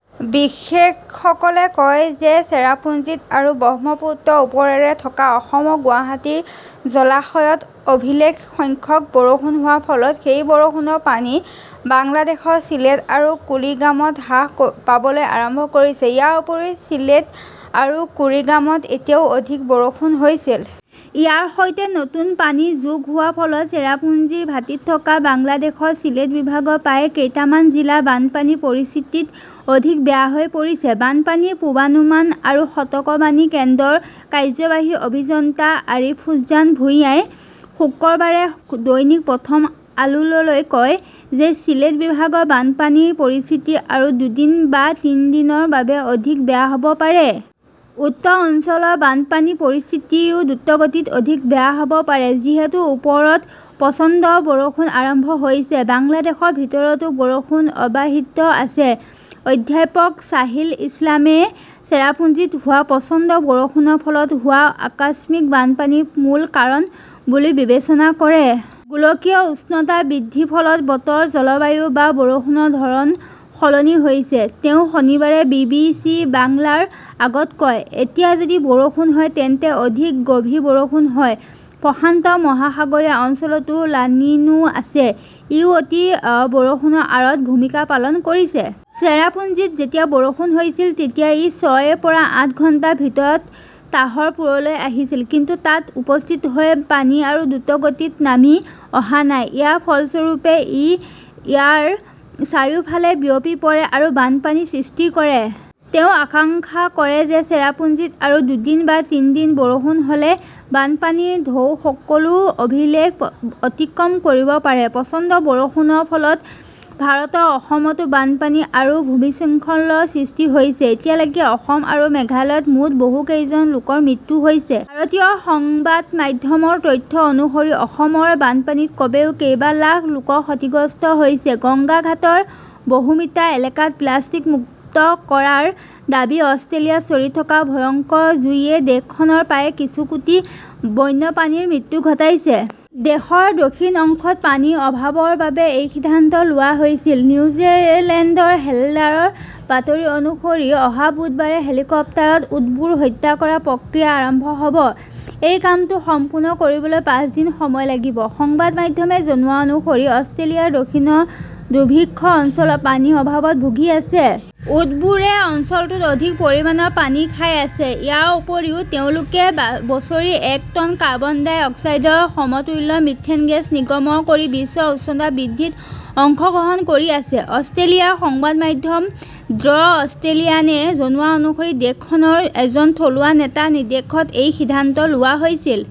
বিশেষজ্ঞসকলে কয় যে চেৰাপুঞ্জিত আৰু ব্ৰহ্মপুত্ৰৰ ওপৰেৰে থকা অসমৰ গুৱাহাটীৰ জলাশয়ত অভিলেখ সংখ্যক বৰষুণ হোৱাৰ ফলত সেই বৰষুণৰ পানী বাংলাদেশৰ চিলেট আৰু কুৰিগ্ৰামত হ্ৰাস পাবলৈ আৰম্ভ কৰিছে। ইয়াৰ উপৰিও, চিলেট আৰু কুৰিগ্ৰামত এতিয়াও অধিক বৰষুণ হৈছিল। ইয়াৰ সৈতে নতুন পানী যোগ হোৱাৰ ফলত চেৰাপুঞ্জীৰ ভাটীত থকা বাংলাদেশৰ চিলেট বিভাগৰ প্ৰায় কেইটামান জিলাৰ বানপানীৰ পৰিস্থিতি অধিক বেয়া হৈ পৰিছে। বানপানীৰ পূৰ্বানুমান আৰু সতৰ্কবাণী কেন্দ্ৰৰ কাৰ্যবাহী অভিযন্তা আৰিফুজান ভুঁইয়াই শুকুৰবাৰে দৈনিক প্ৰথম আলোলৈ কয় যে চিলেট বিভাগৰ বানপানীৰ পৰিস্থিতি আৰু দুদিন বা তিনি দিনৰ বাবে অধিক বেয়া হ'ব পাৰে। উত্তৰ অঞ্চলৰ বানপানীৰ পৰিস্থিতিও দ্ৰুতগতিত অধিক বেয়া হ'ব পাৰে। যিহেতু ওপৰত প্ৰচণ্ড বৰষুণ আৰম্ভ হৈছে, বাংলাদেশৰ ভিতৰতো বৰষুণ অব্যাহত আছে। অধ্যাপক ছাহিল ইছলামই চেৰাপুঞ্জীত হোৱা প্ৰচণ্ড বৰষুণৰ ফলত হোৱা আকস্মিক বানপানীৰ মূল কাৰণ বুলি বিবেচনা কৰে। "গোলকীয় উষ্ণতা বৃদ্ধিৰ ফলত বতৰ-জলবায়ু বা বৰষুণৰ ধৰণ সলনি হৈছে", তেওঁ শনিবাৰে বি. বি. চি. বাংলাৰ আগত কয়। এতিয়া যদি বৰষুণ হয় তেন্তে অধিক গভীৰ বৰষুণ হয়। প্ৰশান্ত মহাসাগৰীয় অঞ্চলতো লানিনো আছে। ইও অতি বৰষুণৰ আঁৰত ভূমিকা পালন কৰিছে। চেৰাপুঞ্জীত যেতিয়া বৰষুণ হৈছিল, তেতিয়া ই ছয়ৰ পৰা আঠ ঘণ্টাৰ ভিতৰত তাহৰপুৰলৈ আহিছিল। কিন্তু তাত উপস্থিত হৈ পানী আৰু দ্ৰুতগতিত নামি অহা নাই। ইয়াৰ ফলস্বৰূপে ই ইয়াৰ চাৰিওফালে বিয়পি পৰে আৰু বানপানীৰ সৃষ্টি কৰে। "তেওঁ আশংকা কৰে যে চেৰাপুঞ্জীত আৰু দুদিন বা তিনি দিন বৰষুণ হ'লে বানপানীৰ ঢৌ সকলো অভিলেখ অতিক্ৰম কৰিব পাৰে। প্ৰচণ্ড বৰষুণৰ ফলত ভাৰতৰ অসমতো বানপানী আৰু ভূমিস্খলনৰ সৃষ্টি হৈছে। এতিয়ালৈকে অসম আৰু মেঘালয়ত মুঠ বহু কেইজন লোকৰ মৃত্যু হৈছে। ভাৰতীয় সংবাদ মাধ্যমৰ তথ্য অনুসৰি অসমৰ বানপানীত কমেও কেইবা লাখ লোক ক্ষতিগ্ৰস্ত হৈছে। গংগা ঘাটৰ বহুমিটাৰ এলেকা প্লাষ্টিক মুক্ত কৰাৰ দাবী অষ্ট্ৰেলিয়াত চলি থকা ভয়ংকৰ জুইয়ে দেশখনৰ প্ৰায় কিছু কোটি বন্যপ্ৰাণীৰ মৃত্যু ঘটাইছে। দেশৰ দক্ষিণ অংশত পানীৰ অভাৱৰ বাবে এই সিদ্ধান্ত লোৱা হৈছিল। নিউজিলেণ্ড হেৰাল্ডৰ বাতৰি অনুসৰি অহা বুধবাৰে হেলিকপ্টাৰত উটবোৰ হত্যা কৰাৰ প্ৰক্ৰিয়া আৰম্ভ হ'ব। এই কামটো সম্পূৰ্ণ কৰিবলৈ পাঁচ দিন সময় লাগিব। সংবাদ মাধ্যমে জনোৱা অনুসৰি অষ্ট্ৰেলিয়াৰ দক্ষিণৰ দুৰ্ভিক্ষ অঞ্চল পানীৰ অভাৱত ভুগি আছে। উটবোৰে অঞ্চলটোত অধিক পৰিমাণৰ পানী খাই আছে। ইয়াৰ উপৰিও তেওঁলোকে বছৰি এক টন কাৰ্বন ডাই অক্সাইডৰ সমতুল্য মিথেন গেছ নিৰ্গমন কৰি বিশ্ব উষ্ণতা বৃদ্ধিত অংশগ্ৰহণ কৰি আছে। অষ্ট্ৰেলিয়াৰ সংবাদ মাধ্যম দ্য অষ্ট্ৰেলিয়ানে জনোৱা অনুসৰি দেশখনৰ এজন থলুৱা নেতাৰ নিৰ্দেশত এই সিদ্ধান্ত লোৱা হৈছিল।